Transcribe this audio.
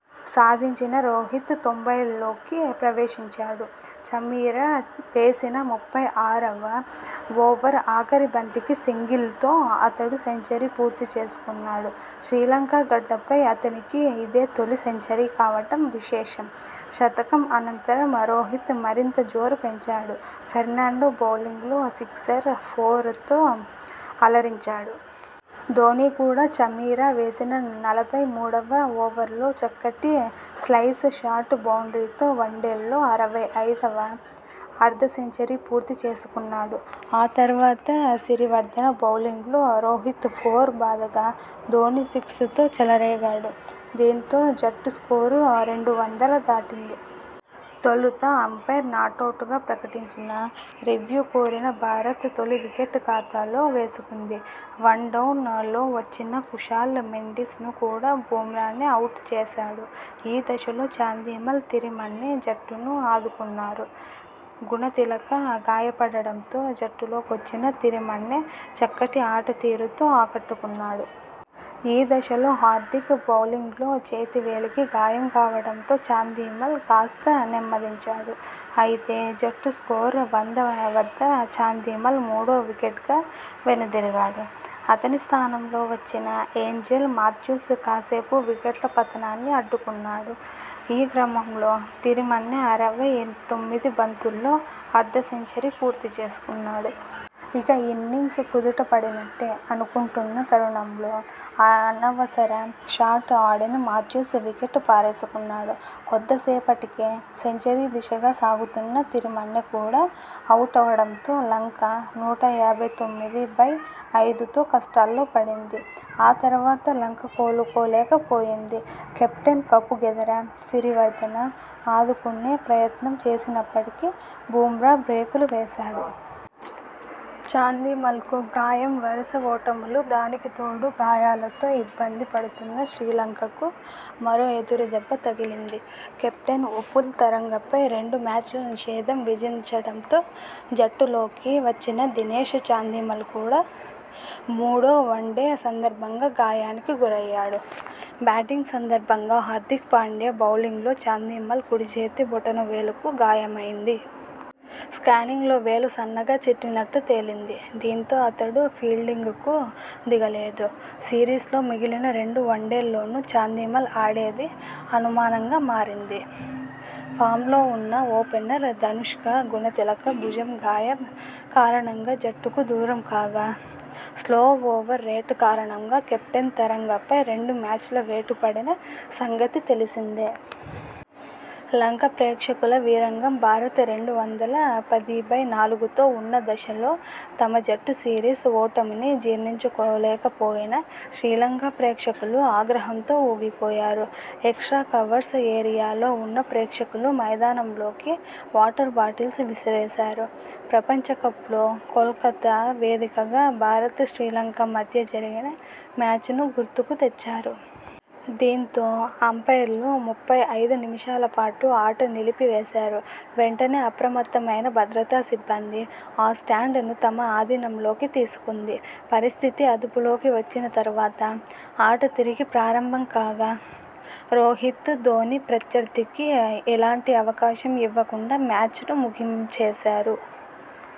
సాధించిన రోహిత్ తొంభైల్లోకి ప్రవేశించాడు. చమీర వేసిన ముప్పై ఆరువ ఓవర్ ఆఖరి బంతికి సింగిల్ తో అతడు సెంచరీ పూర్తి చేసుకున్నాడు. శ్రీలంక గడ్డపై అతనికి ఇదే తొలి సెంచరీ కావడం విశేషం. శతకం అనంతరం రోహిత్ మరింత జోరు పెంచాడు. ఫెర్నాండో బౌలింగ్ లో సిక్సర్, ఫోర్ తో అలరించాడు. ధోనీ కూడా చమీర వేసిన నలభై మూడువ ఓవర్లో చక్కటి స్లైస్ షాట్ బౌండ్రీ తో వన్డేల్లో అరవై ఐదువ అర్ధసెంచరీ పూర్తి చేసుకున్నాడు. ఆ తర్వాత సిరివర్దన బౌలింగ్ లో రోహిత్ ఫోర్ బాదగా, ధోనీ సిక్స్ తో చెలరేగాడు. దీంతో జట్టు స్కోరు రెండు వందల దాటింది. తొలుత అంపైర్ నాటౌట్ గా ప్రకటించినా, రివ్యూ కోరిన భారత్ తొలి వికెట్ ఖాతాలో వేసుకుంది. వన్ డౌన్ లో వచ్చిన కుశాల్ మెండిస్ ను కూడా బుమ్రానే అవుట్ చేశాడు. ఈ దశలో చాందిమల్, తిరిమన్నె జట్టును ఆదుకున్నారు. గుణతిలక గాయపడడంతో జట్టులోకొచ్చిన తిరిమన్నె చక్కటి ఆటతీరుతో ఆకట్టుకున్నాడు. ఈ దశలో హార్దిక్ బౌలింగ్లో చేతి వేలికి గాయం కావడంతో చాందిమల్ కాస్త నెమ్మదించాడు. అయితే జట్టు స్కోరు వంద వద్ద చాందిమల్ మూడో వికెట్గా వెనుదిరిగాడు. అతని స్థానంలో వచ్చిన ఏంజెలో మాథ్యూస్ కాసేపు వికెట్ల పతనాన్ని అడ్డుకున్నాడు. ఈ క్రమంలో తిరిమన్నె అరవై తొమ్మిది బంతుల్లో అర్ధ సెంచరీ పూర్తి చేసుకున్నాడు. ఇక ఇన్నింగ్స్ కుదుట పడినట్టే అనుకుంటున్న తరుణంలో అనవసర షాట్ ఆడిన మాథ్యూస్ వికెట్ పారేసుకున్నాడు. కొద్దిసేపటికే సెంచరీ దిశగా సాగుతున్న తిరిమన్నె కూడా అవుటవడంతో లంక నూట యాభై తొమ్మిది బై ఐదుతో కష్టాల్లో పడింది. ఆ తర్వాత లంక కోలుకోలేకపోయింది. కెప్టెన్ కపుగెదర, సిరివర్దన ఆదుకునే ప్రయత్నం చేసినప్పటికీ బుమ్రా బ్రేకులు వేశాడు. చాందిమల్కు గాయంవరస ఓటములు దానికితోడు గాయాలతో ఇబ్బంది పడుతున్న శ్రీలంకకు మరో ఎదురుదెబ్బ తగిలింది. కెప్టెన్ ఉపుల్ తరంగ పై రెండు మ్యాచ్ల నిషేధం విధించడంతో జట్టులోకి వచ్చిన దినేష్ చాందిమల్ కూడా మూడో వన్డే సందర్భంగా గాయానికి గురయ్యాడు. బ్యాటింగ్ సందర్భం గా హార్దిక్ పాండ్యా బౌలింగ్లో చాందిమల్ కుడిచేతి బొటనవేలు కు గాయమైంది. స్కానింగ్ లో వేలు సన్నగా చిట్టినట్లు తేలింది. దీంతో అతడు ఫీల్డింగ్ కు దిగలేదు. సిరీస్ లో మిగిలిన రెండు వన్డేల్లోనూ చాందిమల్ ఆడేది అనుమానం గా మారింది. ఫామ్ లో ఉన్న ఓపెనర్ ధనుష్క గుణతిలక భుజం గాయం కారణంగా జట్టుకు దూరంకాగా స్లో ఓవర్ రేట్ కారణంగా కెప్టెన్ తరంగపై రెండు మ్యాచ్ల వేటు పడిన సంగతి తెలిసిందే. లంక ప్రేక్షకుల వీరంగం భారత్ రెండు వందల పది బై నాలుగుతో ఉన్న దశలో తమ జట్టు సిరీస్ ఓటమిని జీర్ణించుకోలేకపోయిన శ్రీలంక ప్రేక్షకులు ఆగ్రహంతో ఊగిపోయారు. ఎక్స్ట్రా కవర్స్ ఏరియాలో ఉన్న ప్రేక్షకులు మైదానంలోకి వాటర్ బాటిల్స్ విసిరేశారు. ప్రపంచకప్ లో కోల్కతా వేదికగా భారత్ శ్రీలంక మధ్య జరిగిన మ్యాచ్ ను గుర్తుకుతెచ్చారు. దీంతో అంపైర్లు ముప్పై ఐదు నిమిషాల పాటు ఆట నిలిపి వేశారు. వెంటనే అప్రమత్తమైన భద్రతా సిబ్బంది ఆ స్టాండ్ ను తమ అధీనంలోకి తీసుకుంది. పరిస్థితి అదుపులోకి వచ్చిన తర్వాత ఆట తిరిగి ప్రారంభం కాగా రోహిత్, ధోనీ ప్రత్యర్థికి ఎలాంటి అవకాశం ఇవ్వకుండా మ్యాచ్ను ముగించేశారు.